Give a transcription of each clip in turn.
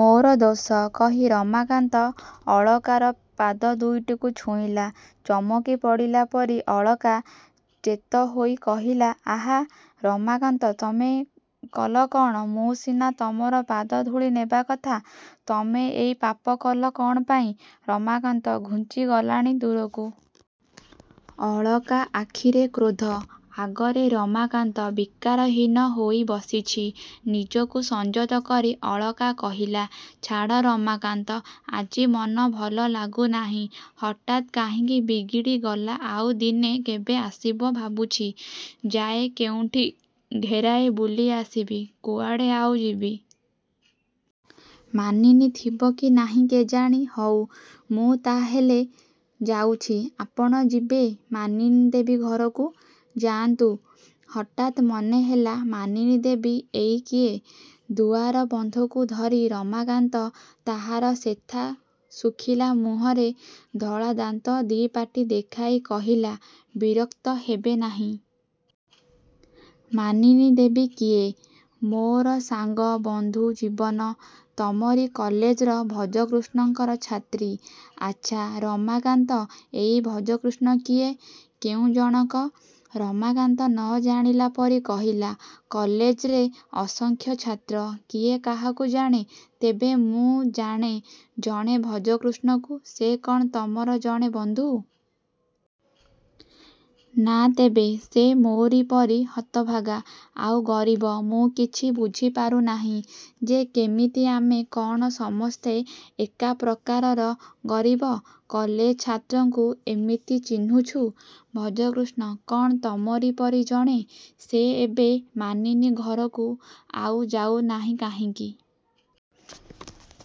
-ମୋର ଦୋଷ। -କହି ରମାକାନ୍ତ ଅଳକାର ପାଦଦୁଇଟିକୁ ଛୁଇଁଲା। ଚମକି ପଡ଼ିଲା ପରି ଅଳକା ଚେତ ହୋଇ କହିଲା-ଆହା। ରମାକାନ୍ତ, ତମେ କଲ କ'ଣ? ମୁଁ ସିନା ତମର ପାଦଧୂଳି ନେବା କଥା। ତମେ ଏଇ ପାପ କଲ କ'ଣ ପାଇଁ? ରମାକାନ୍ତ ଘୁଞ୍ଚିଗଲାଣି ଦୂରକୁ। ଅଳକା ଆଖିରେ କ୍ରୋଧ। ଆଗରେ ରମାକାନ୍ତ ବିକାରହୀନ ହୋଇ ବସିଛି। ନିଜକୁ ସଂଯତ କରି ଅଳକା କହିଲା-ଛାଡ଼ ରମାକାନ୍ତ, ଆଜି ମନ ଭଲ ଲାଗୁନାହିଁ। ହଠାତ୍ କାହିଁକି ବିଗିଡ଼ି ଗଲା ଆଉ ଦିନେ କେବେ ଆସିବ ଭାବୁଛି ଯାଏଁ କେଉଁଠି ଘେରାଏ ବୁଲି ଆସିବି କୁଆଡ଼େ ଆଉ ଯିବି? ମାନିନୀ ଥିବ କି ନାହିଁ କେଜାଣି। -ହଉ। ମୁଁ ତା ହେଲେ ଯାଉଛି। ଆପଣ ଯିବେ ମାନିନୀଦେବୀ ଘରକୁ। ଯାଆନ୍ତୁ। ହଠାତ୍ ମନେହେଲା ମାନିନୀଦେବୀ ଏଇ କିଏ? ଦୁଆର ବନ୍ଧକୁ ଧରି ରମାକାନ୍ତ ତାହାର ଶେଥା ଶୁଖିଲା ମୁହଁରେ ଧଳାଦାନ୍ତ ଦି'ପାଟି ଦେଖାଇ କହିଲା-ବିରକ୍ତ ହେବେ ନାହିଁ। ମାନିନୀଦେବୀ କିଏ? -ମୋର ସାଙ୍ଗ-ବନ୍ଧୁ-ଜୀବନ। ତମରି କଲେଜର ଭଜକୃଷ୍ଣଙ୍କର ଛାତ୍ରୀ? ଆଚ୍ଛା, ରମାକାନ୍ତ, ଏଇ ଭଜକୃଷ୍ଣ କିଏ? କେଉଁ ଜଣକ? ରମାକାନ୍ତ ନ ଜାଣିଲାପରି କହିଲା-କଲେଜରେ ଅସଂଖ୍ୟ ଛାତ୍ର। କିଏ କାହାକୁ ଜାଣେ-? ତେବେ ମୁଁ ଜାଣେ ଜଣେ ଭଜକୃଷ୍ଣକୁ। -ସେ କ'ଣ ତମର ଜଣେ ବନ୍ଧୁ? -ନା, ତେବେ ସେ ମୋରି ପରି ହତଭାଗା-ଆଉ ଗରିବ। ମୁଁ କିଛି ବୁଝି ପାରୁନାହିଁ ଯେ କେମିତି ଆମେ କ'ଣ ସମସ୍ତେ ଏକା ପ୍ରକାରର ଗରିବ କଲେଜ ଛାତ୍ରଙ୍କୁ ଏମିତି ଚିହ୍ନୁଛୁ? ଭଜକୃଷ୍ଣ କ'ଣ ତମରି ପରି ଜଣେ? ସେ ଏବେ ମାନିନୀ ଘରକୁ ଆଉ ଯାଉନାହିଁ କାହିଁକି?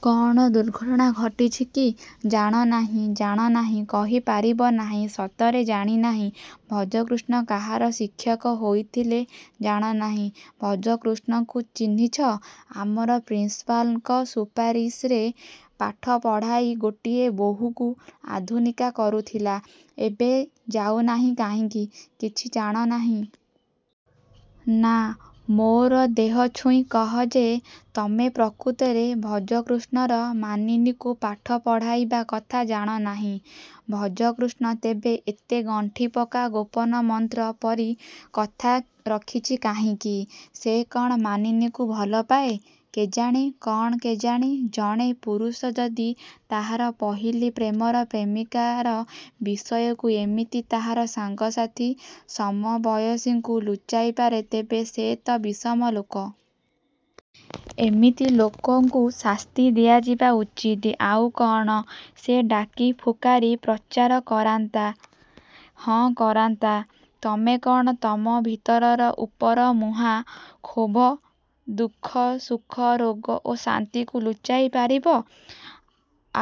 -କ'ଣ ଦୁର୍ଘଟଣା ଘଟିଛି କି? -ଜାଣ ନାହିଁ? ଜାଣ ନାହିଁ? କହିପାରିବ ନାହିଁ। ସତରେ ଜାଣିନାହିଁ। ଭଜକୃଷ୍ଣ କାହାର ଶିକ୍ଷକ ହୋଇଥିଲେ ଜାଣନାହିଁ? ଭଜକୃଷ୍ଣକୁ ଚିହ୍ନିଛ। ଆମର ପ୍ରିନ୍ସପାଲଙ୍କ ସୁପାରିଶରେ ପାଠ ପଢ଼ାଇ ଗୋଟିଏ ବୋହୂକୁ ଆଧୁନିକା କରୁଥିଲା। ଏବେ ଯାଉନାହିଁ କାହିଁକି? କିଛି ଜାଣନାହିଁ? -ନା। -ମୋର ଦେହ ଛୁଇଁ କହ ଯେ, ତମେ ପ୍ରକୃତରେ ଭଜକୃଷ୍ଣର ମାନିନୀକୁ ପାଠ ପଢ଼ାଇବା କଥା ଜାଣ ନାହିଁ। ଭଜକୃଷ୍ଣ ତେବେ ଏତେ ଗଣ୍ଠିପକା ଗୋପନ ମନ୍ତ୍ର ପରି କଥା ରଖିଛି କାହିଁକି? ସେ କ'ଣ ମାନିନୀକୁ ଭଲପାଏ? -କେଜାଣି। -କ'ଣ କେଜାଣି? ଜଣେ ପୁରୁଷ ଯଦି ତାହାର ପହିଲି ପ୍ରେମର ପ୍ରେମିକାର ବିଷୟକୁ ଏମିତି ତାହାର ସାଙ୍ଗ ସାଥି, ସମବୟସୀଙ୍କୁ ଲୁଚାଇ ପାରେ ତେବେ ସେ ତ ବିଷମ ଲୋକ। ଏମିତି ଲୋକଙ୍କୁ ଶାସ୍ତି ଦିଆଯିବା ଉଚିତ୍। -ଆଉ କ'ଣ ସେ ଡାକିଫୁକାରି ପ୍ରଚାର କରନ୍ତା? -ହଁ, କରନ୍ତା। ତମେ କ'ଣ ତମର ଭିତରର ଉପର ମୁହାଁ କ୍ଷୋଭ, ଦୁଃଖ, ସୁଖ, ରୋଗ ଓ ଶାନ୍ତିକୁ ଲୁଚାଇ ପାରିବ?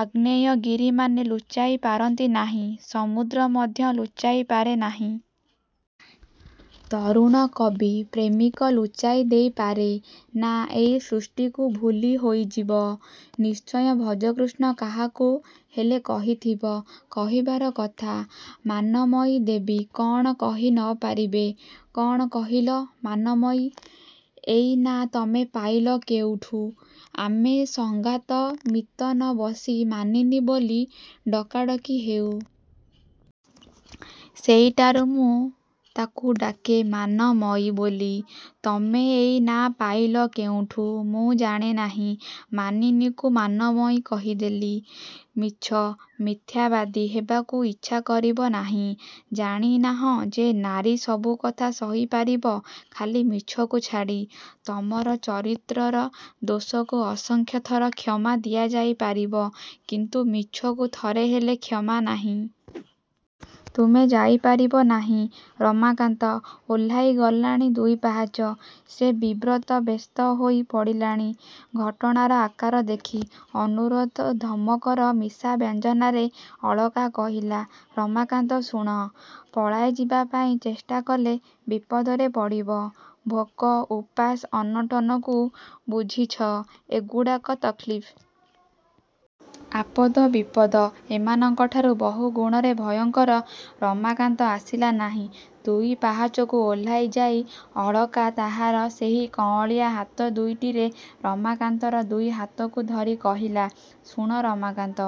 ଆଗ୍ନେୟଗିରି ମାନେ ଲୁଚାଇ ପାରନ୍ତି ନାହିଁ। ସମୁଦ୍ର ମଧ୍ୟ ଲୁଚାଇ ପାରେ ନାହିଁ? ତରୁଣ କବି, ପ୍ରେମିକ ଲୁଚାଇ ଦେଇ ପାରିବେ? ନା, ଏଇ ସୃଷ୍ଟି ଭୁଲ ହୋଇଯିବ-। ନିଶ୍ଚୟ ଭଜକୃଷ୍ଣ କାହାକୁ ହେଲେ କହିଥିବ-କହିବାର କଥା। -ମାନମୟୀ ଦେବୀ କ'ଣ କହି ନ ପାରିବେ? -କ'ଣ କହିଲ? ମାନମୟୀ? -ଏଇ ନାଁ ତମେ ପାଇଲ କେଉଠୁ? ଆମେ ସଙ୍ଗାତ ମିତ ନ ବସି ମାନିନୀ ବୋଲି ଡକାଡ଼କି ହେଉ। ସେଇଟାରୁ ମୁଁ ତାକୁ ଡାକେ ମାନମୟୀ ବୋଲି। ତମେ ଏଇ ନାଁ ପାଇଲ କେଉଁଠୁ? -ମୁଁ ଜାଣେ ନାହିଁ। ମାନିନୀକୁ ମାନମୟୀ କହିଦେଲି। -ମିଛ। ମିଥ୍ୟାବାଦୀ ହେବାକୁ ଇଚ୍ଛା କରିବ ନାହିଁ। ଜାଣିନାହଁ ଯେ ନାରୀ ସବୁକଥା ସହି ପାରିବ-ଖାଲି ମିଛକୁ ଛାଡ଼ି। ତମର ଚରିତ୍ରର ଦୋଷକୁ ଅସଂଖ୍ୟ ଥର କ୍ଷମା ଦିଆଯାଇ ପାରିବ; କିନ୍ତୁ ମିଛକୁ ଥରେ ହେଲେ କ୍ଷମା ନାହିଁ। ତୁମେ ଯାଇ ପାରିବ ନାହିଁ। ରମାକାନ୍ତ ଓହ୍ଲାଇ ଗଲାଣି ଦୁଇ ପାହାଚ। ସେ ବିବ୍ରତ ବ୍ୟସ୍ତ ହୋଇ ପଡ଼ିଲାଣି ଘଟଣାର ଆକାର ଦେଖି। ଅନୁରୋଧ ଓ ଧମକର ମିଶା ବ୍ୟଞ୍ଜନାରେ ଅଳକା କହିଲା-ଶୁଣ ରମାକାନ୍ତ! ପଳାଇଯିବା ପାଇଁ ଚେଷ୍ଟା କଲେ ବିପଦରେ ପଡ଼ିବ। ଭୋକ, ଉପାସ, ଅନଟନକୁ ବୁଝିଛ ଏଗୁଡ଼ାକ ତକଲିଫ୍। ଆପଦ ବିପଦ ଏମାନଙ୍କଠାରୁ ବହୁ ଗୁଣରେ ଭୟଙ୍କର। ରମାକାନ୍ତ ଆସିଲା ନାହିଁ। ଦୁଇ ପାହାଚକୁ ଓହ୍ଲାଇଯାଇ ଅଳକା ତାହାର ସେହି କଅଁଳିଆ ହାତ ଦୁଇଟିରେ ରମାକାନ୍ତର ଦୁଇ ହାତକୁ ଧରି କହିଲା-ଶୁଣ ରମାକାନ୍ତ!